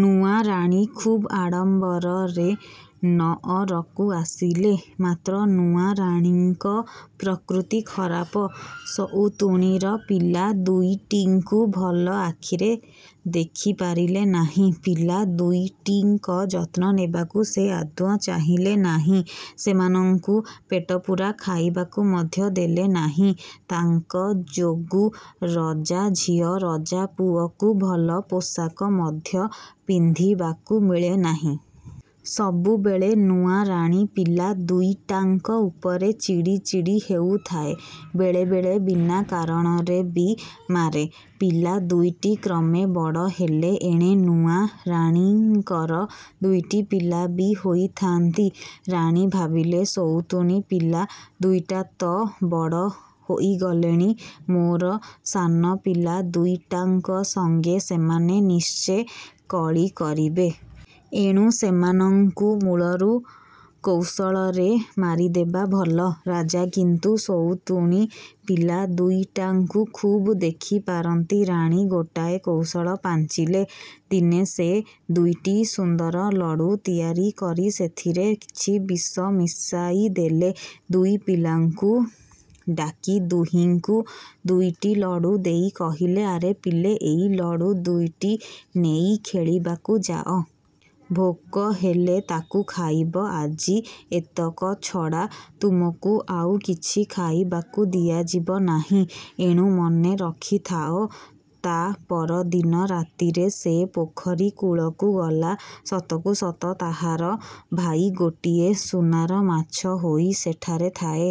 ନୂଆ ରାଣୀ ଖୁବ୍ ଆଡ଼ମ୍ବରରେ ନଅରକୁ ଆସିଲେ, ମାତ୍ର ନୂଆ ରାଣୀଙ୍କ ପ୍ରକୃତି ଖରାପ, ସଉତୁଣୀର ପିଲା ଦୁଇଟିଙ୍କୁ ଭଲ ଆଖିରେ ଦେଖିପାରିଲେ ନାହିଁ। ପିଲା ଦୁଇଟିଙ୍କ ଯତ୍ନ ନେବାକୁ ସେ ଆଦୌ ଚାହିଁଲେ ନାହିଁ। ସେମାନଙ୍କୁ ପେଟପୂରା ଖାଇବାକୁ ମଧ୍ୟ ଦେଲେ ନାହିଁ। ତାଙ୍କ ଯୋଗୁ ରଜାଝିଅ, ରଜାପୁଅକୁ ଭଲ ପୋଷାକ ମଧ୍ୟ ପିନ୍ଧିବାକୁ ମିଳେ ନାହିଁ। ସବୁବେଳେ ନୂଆରାଣୀ ପିଲା ଦୁଇଟାଙ୍କ ଉପରେ ଚିଡ଼ି ଚିଡ଼ି ହେଉଥାଏ, ବେଳେବେଳେ ବିନା କାରଣରେ ବି ମାରେ। ପିଲା ଦୁଇଟି କ୍ରମେ ବଡ଼ ହେଲେ। ଏଣେ ନୂଆ ରାଣୀଙ୍କର ଦୁଇଟି ପିଲା ବି ହୋଇଥାନ୍ତି। ରାଣୀ ଭାବିଲେ, ସଉତୁଣୀ ପିଲା ଦୁଇଟା ତ ବଡ଼ ହୋଇଗଲେଣି, ମୋର ସାନ ପିଲା ଦୁଇଟାଙ୍କ ସଙ୍ଗେ ସେମାନେ ନିଶ୍ଚେ କଳି କରିବେ। ଏଣୁ ସେମାନଙ୍କୁ ମୂଳରୁ କୌଶଳରେ ମାରିଦେବା ଭଲ। ରାଜା କିନ୍ତୁ ସଉତୁଣୀ ପିଲା ଦୁଇଟାଙ୍କୁ ଖୁବ୍ ଦେଖିପାରନ୍ତି। ରାଣୀ ଗୋଟାଏ କୌଶଳ ପାଞ୍ଚିଲେ। ଦିନେ ସେ ଦୁଇଟି ସୁନ୍ଦର ଲଡ଼ୁ ତିଆରି କରି ସେଥିରେ କିଛି ବିଷ ମିଶାଇଦେଲେ। ଦୁଇ ପିଲାଙ୍କୁ ଡାକି ଦୁହିଁଙ୍କୁ ଦୁଇଟି ଲଡ଼ୁ ଦେଇ କହିଲେ, ଆରେ ପିଲେ, ଏଇ ଲଡ଼ୁ ଦୁଇଟି ନେଇ ଖେଳିବାକୁ ଯାଅ। ଭୋକ ହେଲେ ତାକୁ ଖାଇବ। ଆଜି ଏତକ ଛଡ଼ା ତୁମକୁ ଆଉ କିଛି ଖାଇବାକୁ ଦିଆଯିବ ନାହିଁ। ଏଣୁ ମନେ ରଖିଥାଅ। ତା ପର ଦିନ ରାତିରେ ସେ ପୋଖରୀ କୂଳକୁ ଗଲା। ସତକୁ ସତ ତାହାର ଭାଇ ଗୋଟିଏ ସୁନାର ମାଛ ହୋଇ ସେଠାରେ ଥାଏ।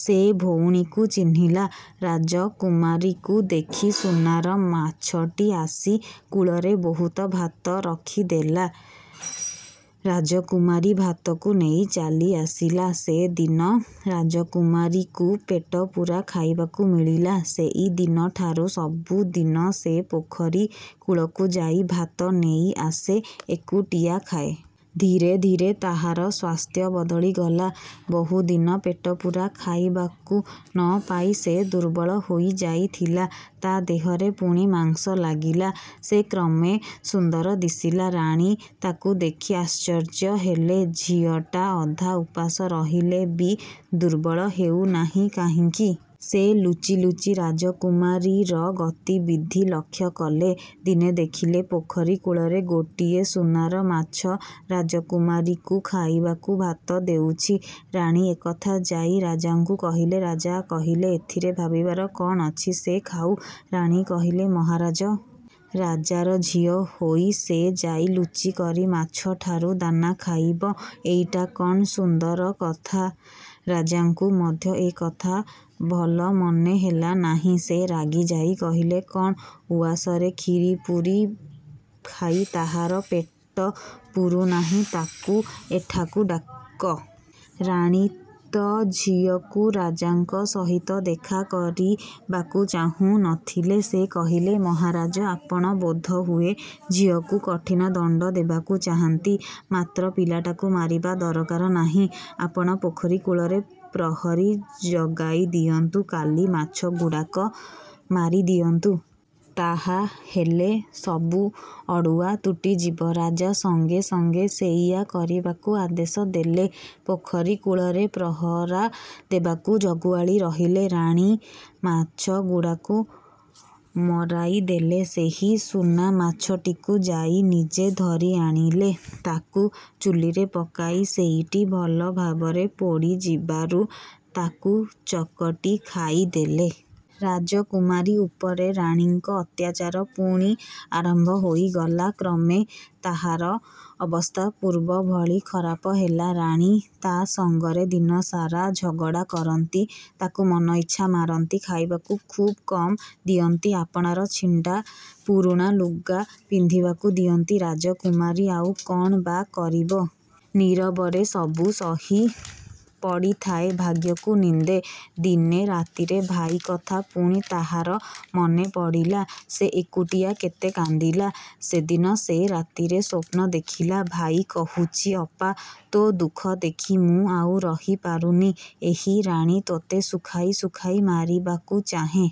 ସେ ଭଉଣୀକୁ ଚିହ୍ନିଲା। ରାଜକୁମାରୀକୁ ଦେଖି ସୁନାର ମାଛଟି ଆସି କୂଳରେ ବହୁତ ଭାତ ରଖିଦେଲା। ରାଜକୁମାରୀ ଭାତକୁ ନେଇ ଚାଲିଆସିଲା। ସେଦିନ ରାଜକୁମାରୀକୁ ପେଟପୂରା ଖାଇବାକୁ ମିଳିଲା। ସେଇ ଦିନଠାରୁ ସବୁଦିନ ସେ ପୋଖରୀ କୂଳକୁ ଯାଇ ଭାତ ନେଇ ଆସେ। ଏକୁଟିଆ ଖାଏ। ଧୀରେ ଧୀରେ ତାହାର ସ୍ୱାସ୍ଥ୍ୟ ବଦଳିଗଲା। ବହୁ ଦିନ ପେଟପୂରା ଖାଇବାକୁ ନ ପାଇ ସେ ଦୁର୍ବଳ ହୋଇଯାଇଥିଲା। ତା ଦେହରେ ପୁଣି ମାଂସ ଲାଗିଲା। ସେ କ୍ରମେ ସୁନ୍ଦର ଦିଶିଲା। ରାଣୀ ତାକୁ ଦେଖି ଆଶ୍ଚର୍ଯ୍ୟ ହେଲେ। ଝିଅଟା ଅଧା ଉପାସ ରହିଲେ ବି ଦୁର୍ବଳ ହେଉନାହିଁ କାହିଁକି? ସେ ଲୁଚି ଲୁଚି ରାଜକୁମାରୀର ଗତିବିଧି ଲକ୍ଷ୍ୟ କଲେ। ଦିନେ ଦେଖିଲେ, ପୋଖରୀ କୂଳରେ ଗୋଟିଏ ସୁନାର ମାଛ ରାଜକୁମାରୀକୁ ଖାଇବାକୁ ଭାତ ଦେଉଛି। ରାଣୀ ଏ କଥା ଯାଇ ରାଜାଙ୍କୁ କହିଲେ। ରାଜା କହିଲେ, ଏଥିରେ ଭାବିବାର କ'ଣ ଅଛି? ସେ ଖାଉ। ରାଣୀ କହିଲେ, ମହାରାଜ! ରାଜାର ଝିଅ ହୋଇ ସେ ଯାଇ ଲୁଚିକରି ମାଛଠାରୁ ଦାନା ଖାଇବ? ଏଇଟା କ'ଣ ସୁନ୍ଦର କଥା? ରାଜାଙ୍କୁ ମଧ୍ୟ ଏ କଥା ଭଲ ମନେହେଲା ନାହିଁ। ସେ ରାଗିଯାଇ କହିଲେ, କ'ଣ ଉଆସରେ କ୍ଷୀରି ପୁରୀ ଖାଇ ତାହାର ପେଟ ପୂରୁନାହିଁ? ତାକୁ ଏଠାକୁ ଡାକ। ରାଣୀ ତ ଝିଅକୁ ରାଜାଙ୍କ ସହିତ ଦେଖା କରିବାକୁ ଚାହୁଁ ନ ଥିଲେ। ସେ କହିଲେ, ମହାରାଜ! ଆପଣ ବୋଧହୁଏ ଝିଅକୁ କଠିନ ଦଣ୍ଡ ଦେବାକୁ ଚାହାନ୍ତି, ମାତ୍ର ପିଲାଟାକୁ ମାରିବା ଦରକାର ନାହିଁ। ଆପଣ ପୋଖରୀ କୂଳରେ ପ୍ରହରୀ ଜଗାଇ ଦିଅନ୍ତୁ। କାଲି ମାଛଗୁଡ଼ାକ ମାରିଦିଅନ୍ତୁ। ତାହା ହେଲେ ସବୁ ଅଡ଼ୁଆ ତୁଟିଯିବ। ରାଜା ସଙ୍ଗେ ସଙ୍ଗେ ସେଇଆ କରିବାକୁ ଆଦେଶ ଦେଲେ। ପୋଖରୀ କୂଳରେ ପ୍ରହରା ଦେବାକୁ ଜଗୁଆଳି ରହିଲେ। ରାଣୀ ମାଛଗୁଡ଼ାକୁ ମରାଇଦେଲେ। ସେହି ସୁନା ମାଛଟିକୁ ଯାଇ ନିଜେ ଧରି ଆଣିଲେ। ତାକୁ ଚୁଲିରେ ପକାଇ ସେଇଟି ଭଲ ଭାବରେ ପୋଡ଼ିଯିବାରୁ ତାକୁ ଚକଟି ଖାଇଦେଲେ। ରାଜକୁମାରୀ ଉପରେ ରାଣୀଙ୍କ ଅତ୍ୟାଚାର ପୁଣି ଆରମ୍ଭ ହୋଇଗଲା। କ୍ରମେ ତାହାର ଅବସ୍ଥା ପୂର୍ବଭଳି ଖରାପ ହେଲା। ରାଣୀ ତା ସଙ୍ଗରେ ଦିନସାରା ଝଗଡ଼ା କରନ୍ତି। ତାକୁ ମନଇଚ୍ଛା ମାରନ୍ତି। ଖାଇବାକୁ ଖୁବ୍ କମ୍ ଦିଅନ୍ତି। ଆପଣାର ଛିଣ୍ଡା ପୁରୁଣା ଲୁଗା ପିନ୍ଧିବାକୁ ଦିଅନ୍ତି। ରାଜକୁମାରୀ ଆଉ କ'ଣ ବା କରିବ? ନୀରବରେ ସବୁ ସହି ପଡ଼ିଥାଏ। ଭାଗ୍ୟକୁ ନିନ୍ଦେ। ଦିନେ ରାତିରେ ଭାଇ କଥା ପୁଣି ତାହାର ମନେପଡ଼ିଲା। ସେ ଏକୁଟିଆ କେତେ କାନ୍ଦିଲା। ସେଦିନ ସେ ରାତିରେ ସ୍ୱପ୍ନ ଦେଖିଲା। ଭାଇ କହୁଛି, ଅପା, ତୋ ଦୁଃଖ ଦେଖି ମୁଁ ଆଉ ରହିପାରୁନି। ଏହି ରାଣୀ ତୋତେ ଶୁଖାଇ ଶୁଖାଇ ମାରିବାକୁ ଚାହେଁ।